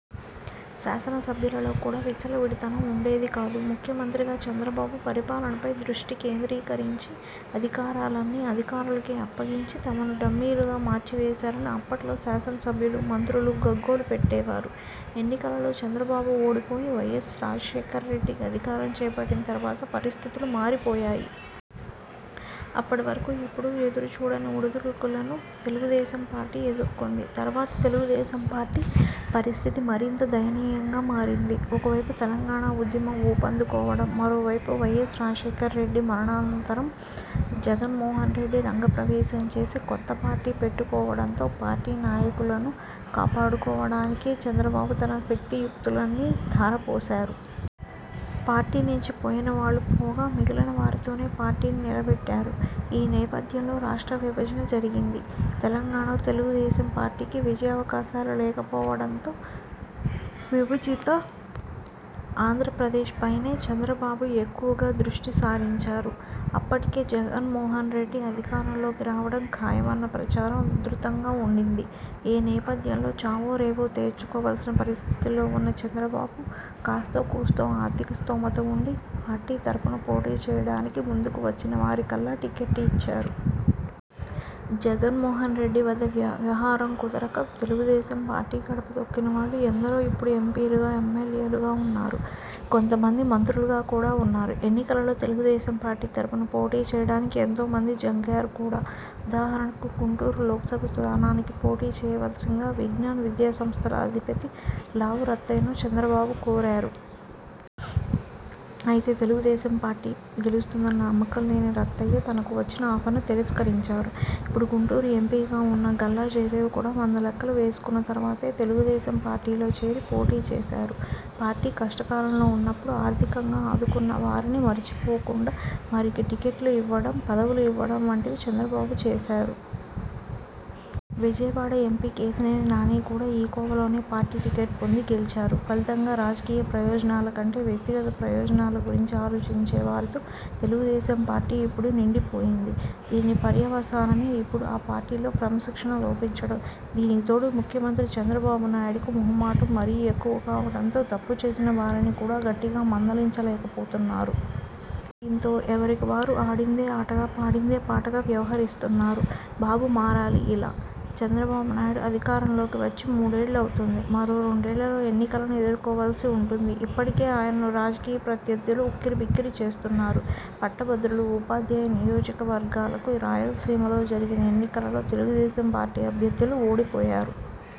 శాసన సభ్యులలో కూడా విచ్చలవిడితనం ఉండేది కాదు. ముఖ్యమంత్రిగా చంద్రబాబు పరిపాలనపై దృష్టి కేంద్రీకరించి అధికారాలన్నీ అధికారులకే అప్పగించి, తమను డమ్మీలుగా మార్చివేశారని అప్పట్లో శాసన సభ్యులు, మంత్రులు గగ్గోలు పెట్టేవారు. ఎన్నికలలో చంద్రబాబు ఓడిపోయి, వైఎస్ రాజశేఖర్రెడ్డి అధికారం చేపట్టిన తర్వాత పరిస్థితులు మారిపోయాయి. అప్పటివరకు ఎప్పుడూ ఎదురుచూడని ఒడుదుడుకులను తెలుగుదేశం పార్టీ ఎదుర్కొంది. తర్వాత తెలుగుదేశం పార్టీ పరిస్థితి మరింత దయనీయంగా మారింది. ఒకవైపు తెలంగాణ ఉద్యమం ఊపందుకోవడం– మరోవైపు వైఎస్ రాజశేఖర్రెడ్డి మరణానంతరం జగన్మోహన్రెడ్డి రంగప్రవేశం చేసి కొత్త పార్టీ పెట్టుకోవడంతో పార్టీ నాయకులను కాపాడుకోవడానికే చంద్రబాబు తన శక్తియుక్తులన్నీ ధారపోశారు. పార్టీ నుంచి పోయినవాళ్లు పోగా, మిగిలినవారితోనే పార్టీని నిలబెట్టారు. ఈ నేపథ్యంలో రాష్ట్ర విభజన జరిగింది. తెలంగాణలో తెలుగుదేశం పార్టీకి విజయావకాశాలు లేకపోవడంతో విభజిత ఆంధ్రప్రదేశ్పైనే చంద్రబాబు ఎక్కువగా దృష్టి సారించారు. అప్పటికే జగన్మోహన్రెడ్డి అధికారంలోకి రావడం ఖాయం అన్న ప్రచారం ఉధృతంగా ఉండింది. ఈ నేపథ్యంలో చావో రేవో తేల్చుకోవలసిన పరిస్థితులలో ఉన్న చంద్రబాబు కాస్తోకూస్తో ఆర్థిక స్తోమత ఉండి పార్టీ తరఫున పోటీచేయడానికి ముందుకు వచ్చిన వారికల్లా టికెట్ ఇచ్చారు. జగన్మోహన్ రెడ్డి వద్ద వ్యవహారం కుదరక తెలుగుదేశం పార్టీ గడప తొక్కినవాళ్లు ఎందరో ఇప్పుడు ఎంపీలుగా, ఎమ్మెల్యేలుగా ఉన్నారు. కొంతమంది మంత్రులుగా కూడా ఉన్నారు. ఎన్నికలలో తెలుగుదేశం పార్టీ తరఫున పోటీ చేయడానికి ఎంతోమంది జంకారు కూడా! ఉదాహరణకు గుంటూరు లోక్సభ స్థానానికి పోటీ చేయవలసిందిగా విజ్ఞాన్ విద్యాసంస్థల అధిపతి లావు రత్తయ్యను చంద్రబాబు కోరారు. అయితే, తెలుగుదేశం పార్టీ గెలుస్తుందన్న నమ్మకం లేని రత్తయ్య తనకు వచ్చిన ఆఫర్ను తిరస్కరించారు. ఇప్పుడు గుంటూరు ఎంపీగా ఉన్న గల్లా జయదేవ్ కూడా వంద లెక్కలు వేసుకున్న తర్వాతే తెలుగుదేశం పార్టీలో చేరి పోటీచేశారు. పార్టీ కష్టకాలంలో ఉన్నప్పుడు ఆర్థికంగా ఆదుకున్నవారిని మరచిపోకుండా వారికి టికెట్లు ఇవ్వడం, పదవులు ఇవ్వడం వంటివి చంద్రబాబు చేశారు. విజయవాడ ఎంపీ కేశినేని నాని కూడా ఈ కోవలోనే పార్టీ టికెట్ పొంది గెలిచారు. ఫలితంగా రాజకీయ ప్రయోజనాలకంటే వ్యక్తిగత ప్రయోజనాల గురించి ఆలోచించే వారితో తెలుగుదేశంపార్టీ ఇప్పుడు నిండిపోయింది. దీని పర్యవసానమే ఇప్పుడు ఆ పార్టీలో క్రమశిక్షణ లోపించడం! దీనికి తోడు ముఖ్యమంత్రి చంద్రబాబు నాయుడుకు మొహమాటం మరీ ఎక్కువ కావడంతో తప్పుచేసిన వారిని కూడా గట్టిగా మందలించలేకపోతున్నారు. దీంతో ఎవరికి వారు ఆడిందే ఆటగా పాడిందే పాటగా వ్యవహరిస్తున్నారు. బాబు మారాలి ఇలా! చంద్రబాబు నాయుడు అధికారంలోకి వచ్చి మూడేళ్లు అవుతోంది. మరో రెండేళ్లలో ఎన్నికలను ఎదుర్కోవలసి ఉంటుంది. ఇప్పడీకే ఆయనను రాజకీయ ప్రత్యర్థులు ఉక్కిరిబిక్కిరి చేస్తున్నారు. పట్టభద్రులు, ఉపాధ్యాయ నియోజక వర్గాలకు రాయలసీమలో జరిగిన ఎన్నికలలో తెలుగుదేశం పార్టీ అభ్యర్థులు ఓడిపోయారు.